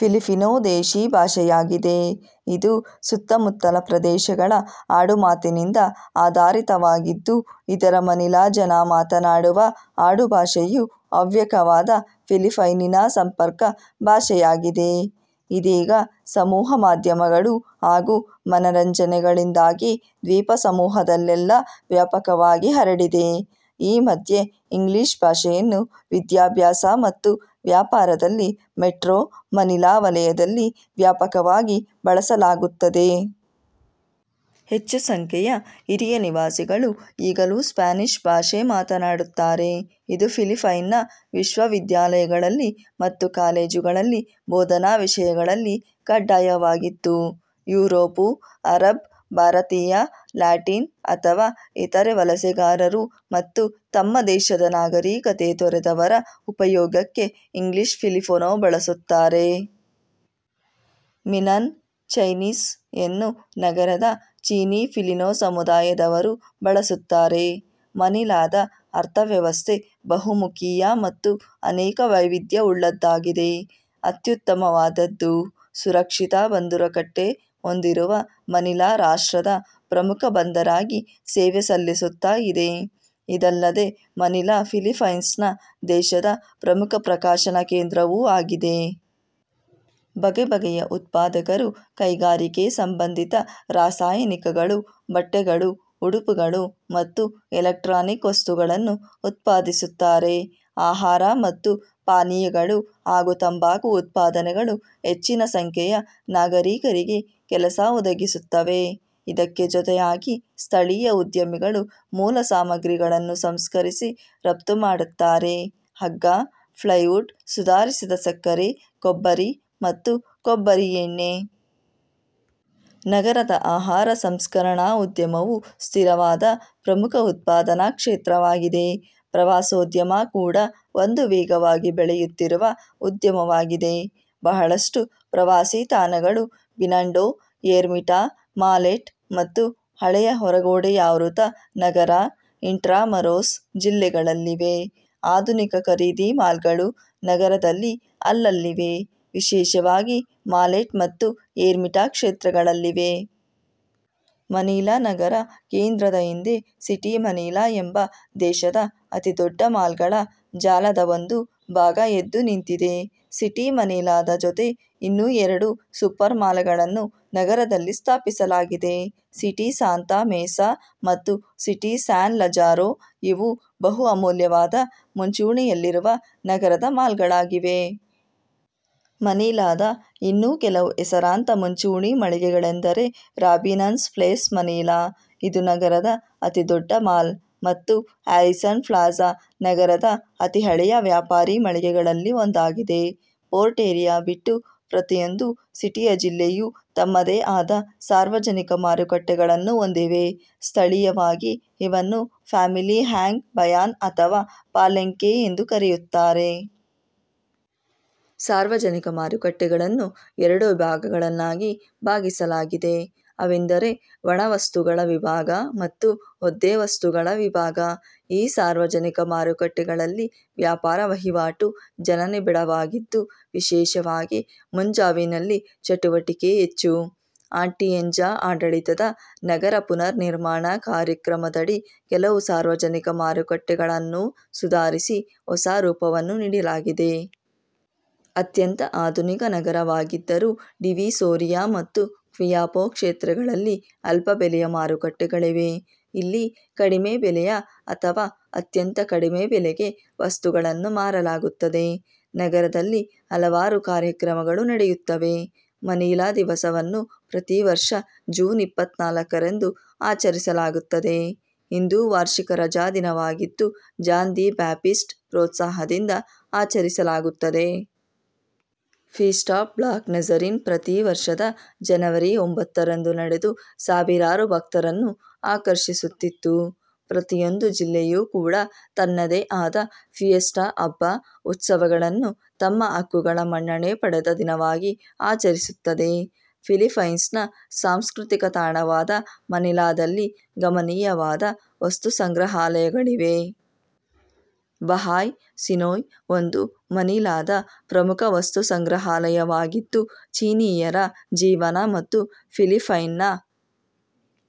Filipino ದೇಶೀ ಭಾಷೆಯಾಗಿದೆ, ಇದು ಸುತ್ತಮುತ್ತಲ ಪ್ರದೇಶಗಳ ಆಡು ಮಾತಿನಿಂದ ಆಧಾರಿತವಾಗಿದ್ದು, ಇದರ ಮನಿಲಾ ಜನ ಮಾತಾಡುವ ಆಡುಭಾಷೆಯು ಅವ್ಯಕವಾದ ಫಿಲಿಪೈನಿನ ಸಂಪರ್ಕ ಭಾಷೆಯಾಗಿದೆ, ಇದೇಗ ಸಮೂಹ ಮಾಧ್ಯಮಗಳು ಹಾಗೂ ಮನರಂಜನೆಗಳಿಂದಾಗಿ ದ್ವೀಪ ಸಮೂಹದಲ್ಲೆಲ್ಲಾ ವ್ಯಾಪಕವಾಗಿ ಹರಡಿದೆ. ಈ ಮಧ್ಯೆ, ಇಂಗ್ಲಿಷ್ ಭಾಷೆಯನ್ನು ವಿದ್ಯಾಭ್ಯಾಸ ಮತ್ತು ವ್ಯಾಪಾರದಲ್ಲಿ ಮೆಟ್ರೋ-ಮನಿಲಾ ವಲಯದಲ್ಲಿ ವ್ಯಾಪಕವಾಗಿ ಬಳಸಲಾಗುತ್ತದೆ. ಹೆಚ್ಚು ಸಂಖ್ಯೆಯ ಹಿರಿಯ ನಿವಾಸಿಗಳು ಈಗಲೂ ಸ್ಪ್ಯಾನಿಷ್ ಭಾಷೆ ಮಾತನಾಡುತ್ತಾರೆ. ಇದು ಫಿಲಿಪ್ಪೈನ್ನ ವಿಶ್ವ ವಿದ್ಯಾಲಯಗಳಲ್ಲಿ ಮತ್ತು ಕಾಲೇಜುಗಳಲ್ಲಿ ಬೋಧನಾ ವಿಷಯಗಳಲ್ಲಿ ಕಡ್ಡಾಯವಾಗಿತ್ತು. Europe, Arab. ಭಾರತೀಯ, ಲ್ಯಾಟಿನ್ ಅಥವಾ ಇತರೆ ವಲಸೆಗಾರರು ಮತ್ತು ತಮ್ಮ ದೇಶದ ನಾಗರೀಕತೆ ತೊರೆದವರ ಉಪಯೋಗಕ್ಕೆ ಇಂಗ್ಲಿಷ್ ಫಿಲಿಪೊನೊ ಬಳಸುತ್ತಾರೆ. ಮಿನ್ನನ್ ಚೈನೀಸ್ ಯನ್ನು ನಗರದ ಚೀನಿ-ಫಿಲಿನೊ ಸಮುದಾಯದವರು ಬಳಸುತ್ತಾರೆ. ಮನಿಲಾದ ಅರ್ಥ ವ್ಯವಸ್ಥೆ ಬಹು ಮುಖೀಯ ಮತ್ತು ಅನೇಕ ವೈವಿದ್ಯವುಳ್ಳದ್ದಾಗಿದೆ. ಅತ್ಯುತ್ತಮವಾದದ್ದು, ಸುರಕ್ಷಿತ ಬಂದರುಕಟ್ಟೆ ಹೊಂದಿರುವ ಮನಿಲಾ ರಾಷ್ಟ್ರದ ಪ್ರಮುಖ ಬಂದರಾಗಿ ಸೇವೆ ಸಲ್ಲಿಸುತ್ತಾ ಇದೆ. ಇದಲ್ಲದೆ, ಮನಿಲಾ ಫಿಲಿಪ್ಪೈನ್ಸ್ ದೇಶದ ಪ್ರಮುಖ ಪ್ರಕಾಶನ ಕೇಂದ್ರವೂ ಆಗಿದೆ. ಬಗೆ ಬಗೆಯ ಉತ್ಪಾದಕರು, ಕೈಗಾರಿಕೆ ಸಂಬಂಧಿತ ರಸಾಯನಿಕಗಳು, ಬಟ್ಟೆಗಳು, ಉಡುಪುಗಳು ಮತ್ತು ಎಲೆಕ್ಟ್ರಾನಿಕ್ ವಸ್ತುಗಳನ್ನು ಉತ್ಪಾದಿಸುತ್ತಾರೆ. ಆಹಾರ ಮತ್ತು ಪಾನೀಯಗಳು ಹಾಗೂ ತಂಬಾಕು ಉತ್ಪಾದನೆಗಳು ಹೆಚ್ಚಿನ ಸಂಖ್ಯೆಯ ನಾಗರೀಕರಿಗೆ ಕೆಲಸ ಒದಗಿಸುತ್ತವೆ. ಇದಕ್ಕೆ ಜೊತೆಯಾಗಿ, ಸ್ಥಳೀಯ ಉದ್ಯಮಿಗಳು ಮೂಲ ಸಾಮಗ್ರಿಗಳನ್ನು ಸಂಸ್ಕರಿಸಿ ರಫ್ತು ಮಾಡುತ್ತಾರೆ, ಹಗ್ಗ, ಪ್ಲೈವುಡ್, ಸುಧಾರಿಸಿದ ಸಕ್ಕರೆ, ಕೊಬ್ಬರಿ, ಮತ್ತು ಕೊಬ್ಬರಿ ಎಣ್ಣೆ. ನಗರದ ಆಹಾರ ಸಂಸ್ಕರಣಾ ಉದ್ಯಮವು ಸ್ಥಿರವಾದ ಪ್ರಮುಖ ಉತ್ಪಾದನಾ ಕ್ಷೇತ್ರವಾಗಿದೆ. ಪ್ರವಾಸೋದ್ಯಮ ಕೂಡಾ ಒಂದು ವೇಗವಾಗಿ ಬೆಳೆಯುತ್ತಿರುವ ಉದ್ಯಮವಾಗಿದೆ. ಬಹಳಷ್ಟು ಪ್ರವಾಸಿ ತಾಣಗಳು ಬಿನಂಡೊ, ಎರ್ಮಿಟಾ, ಮಾಲೇಟ್ ಮತ್ತು ಹಳೆಯ ಹೊರಗೋಡೆಯಾವೃತ ನಗರ, ಇಂಟ್ರಾಮುರೊಸ್ ಜಿಲ್ಲೆಗಳಲ್ಲಿವೆ. ಆಧುನಿಕ ಖರೀದಿ ಮಾಲ್ಗಳು ನಗರದಲ್ಲಿ ಅಲ್ಲಲ್ಲಿವೆ. ವಿಶೇಷವಾಗಿ ಮಲೇಟ್ ಮತ್ತು ಎರ್ಮಿಟಾ ಕ್ಷೇತ್ರಗಳಲ್ಲಿವೆ. ಮನಿಲಾ ನಗರ ಕೇಂದ್ರದ ಹಿಂದೆ ಸಿಟಿ ಮನಿಲಾ ಎಂಬ ದೇಶದ ಅತಿ ದೊಡ್ಡ ಮಾಲ್ಗಳ ಜಾಲದ ಒಂದು ಭಾಗ ಎದ್ದು ನಿಂತಿದೆ. ಸಿಟಿ ಮನಿಲಾದ, ಜೊತೆ ಇನ್ನೂ ಎರಡು ಸೂಪರ್ಮಾಲ್ಗಳನ್ನು ನಗರದಲ್ಲಿ ಸ್ಥಾಪಿಸಲಾಗಿದೆ, ಸಿಟಿ ಸಾಂತಾ ಮೆಸಾ ಮತ್ತು ಸಿಟಿ ಸ್ಯಾನ್ ಲಜಾರೊ, ಇವು ಬಹು ಅಮೂಲ್ಯವಾದ ಮುಂಚೂಣಿಯಲ್ಲಿರುವ ನಗರದ ಮಾಲ್ಗಳಾಗಿವೆ. ಮನಿಲಾದ ಇನ್ನೂ ಕೆಲವು ಹೆಸರಾಂತ ಮುಂಚೂಣಿ ಮಳಿಗೆಗಳೆಂದರೆ ರಾಬಿನ್ಸನ್ಸ್ ಪ್ಲೇಸ್ ಮನಿಲಾ, ಇದು ನಗರದ ಅತಿ ದೊಡ್ಡ ಮಾಲ್, ಮತ್ತು ಹ್ಯಾರಿಸನ್ ಪ್ಲಾಜಾ ನಗರದ ಅತಿ ಹಳೆಯ ವ್ಯಾಪಾರಿ ಮಳಿಗೆಗಳಲ್ಲಿ ಒಂದಾಗಿದೆ. ಪೋರ್ಟ್ ಏರಿಯಾ ಬಿಟ್ಟು ಪ್ರತಿಯೊಂದು ಸಿಟಿಯ ಜಿಲ್ಲೆಯು ತಮ್ಮದೇ ಆದ ಸಾರ್ವಜನಿಕ ಮಾರುಕಟ್ಟೆಗಳನ್ನು ಹೊಂದಿವೆ, ಸ್ಥಳೀಯವಾಗಿ ಇವನ್ನು ಪಮಿಲಿಹ್ಯಾಂಗ್ ಬಯಾನ್ ಅಥವಾ ಪಾಲೆಂಗ್ಕೆ ಎಂದು ಕರೆಯುತ್ತಾರೆ. ಸಾರ್ವಜನಿಕ ಮಾರುಕಟ್ಟೆಗಳನ್ನು ಎರಡು ವಿಭಾಗಗಳನ್ನಾಗಿ ಭಾಗಿಸಲಾಗಿದೆ. ಅವೆಂದರೆ ಒಣ ವಸ್ತುಗಳ ವಿಭಾಗ ಮತ್ತು ಒದ್ದೆ ವಸ್ತುಗಳ ವಿಭಾಗ. ಈ ಸಾರ್ವಜನಿಕ ಮಾರುಕಟ್ಟೆಗಳಲ್ಲಿ ವ್ಯಾಪಾರ ವಹಿವಾಟು ಜನನಿಬಿಡವಾಗಿದ್ದು ವಿಶೇಷವಾಗಿ ಮುಂಜಾವಿನಲ್ಲಿ ಚಟುವಟಿಕೆ ಹೆಚ್ಚು. ಆಟಿಯಂಜಾ ಆಡಳಿತದ ನಗರ ಪುನರ್ನಿರ್ಮಾಣ ಕಾರ್ಯಕ್ರಮದಡಿ ಕೆಲವು ಸಾರ್ವಜನಿಕ ಮಾರುಕಟ್ಟೆಗಳಾನ್ನು ಸುಧಾರಿಸಿ ಹೊಸ ರೂಪವನ್ನು ನೀಡಲಾಗಿದೆ. ಅತ್ಯಂತ ಆಧುನಿಕ ನಗರವಾಗಿದ್ದರೂ, ಡಿವಿಸೋರಿಯಾ ಮತ್ತು ಕ್ವಿಯಾಪೊ ಕ್ಷೇತ್ರಗಳಲ್ಲಿ ಅಲ್ಪಬೆಲೆಯ ಮಾರುಕಟ್ಟೆಗಳಿವೆ. ಇಲ್ಲಿ ಕಡಿಮೆ ಬೆಲೆಯ ಅಥವಾ ಅತ್ಯಂತ ಕಡಿಮೆ ಬೆಲೆಗೆ ವಸ್ತುಗಳನ್ನು ಮಾರಲಾಗುತ್ತದೆ. ನಗರದಲ್ಲಿ ಹಲವಾರು ಕಾರ್ಯಕ್ರಮಗಳು ನಡೆಯುತ್ತವೆ. ಮನಿಲಾ ದಿವಸವನ್ನು ಪ್ರತಿವರ್ಷ ಜೂನ್ ಇಪ್ಪತ್ತ ನಾಲ್ಕರಂದು ಆಚರಿಸಲಾಗುತ್ತದೆ. ಇಂದೂ ವಾರ್ಷಿಕ ರಜಾದಿನವಾಗಿದ್ದು ಜಾನ್ ದಿ ಬ್ಯಾಪ್ಟಿಸ್ಟ್ ಪ್ರೋತ್ಸಾಹದಿಂದ ಆಚರಿಸಲಾಗುತ್ತದೆ. ಫೀಸ್ಟ್ ಆಫ್ ಬ್ಲಾಕ್ ನಜರಿನ್ ಪ್ರತಿ ವರ್ಷದ ಜನವರಿ ಒಂಭತ್ತರಂದು ನಡೆದು ಸಾವಿರಾರು ಭಕ್ತರನ್ನು ಆಕರ್ಷಿಸುತ್ತಿತ್ತು. ಪ್ರತಿಯೊಂದು ಜಿಲ್ಲೆಯೂ ಕೂಡಾ ತನ್ನದೇ ಆದ ಫಿಯೆಸ್ಟಾ ಹಬ್ಬ, ಉತ್ಸವಗಳನ್ನು ತಮ್ಮ ಹಕ್ಕುಗಳ ಮನ್ನಣೆ ಪಡೆದ ದಿನವಾಗಿ ಆಚರಿಸುತ್ತದೆ. ಫಿಲಿಪ್ಪೈನ್ಸ್ನ ಸಾಂಸ್ಕೃತಿಕ ತಾಣವಾದ ಮನಿಲದಲ್ಲಿ ಗಮನೀಯವಾದ ವಸ್ತು ಸಂಗ್ರಹಾಲಯಗಳಿವೆ. ಬಹಾಯ್ ಸಿನೋಯ್ ಒಂದು ಮನಿಲಾದ ಪ್ರಮುಖ ವಸ್ತು ಸಂಗ್ರಹಾಲಯವಾಗಿದ್ದು ಚೀನೀಯರ ಜೀವನ ಮತ್ತು ಫಿಲಿಪೈನ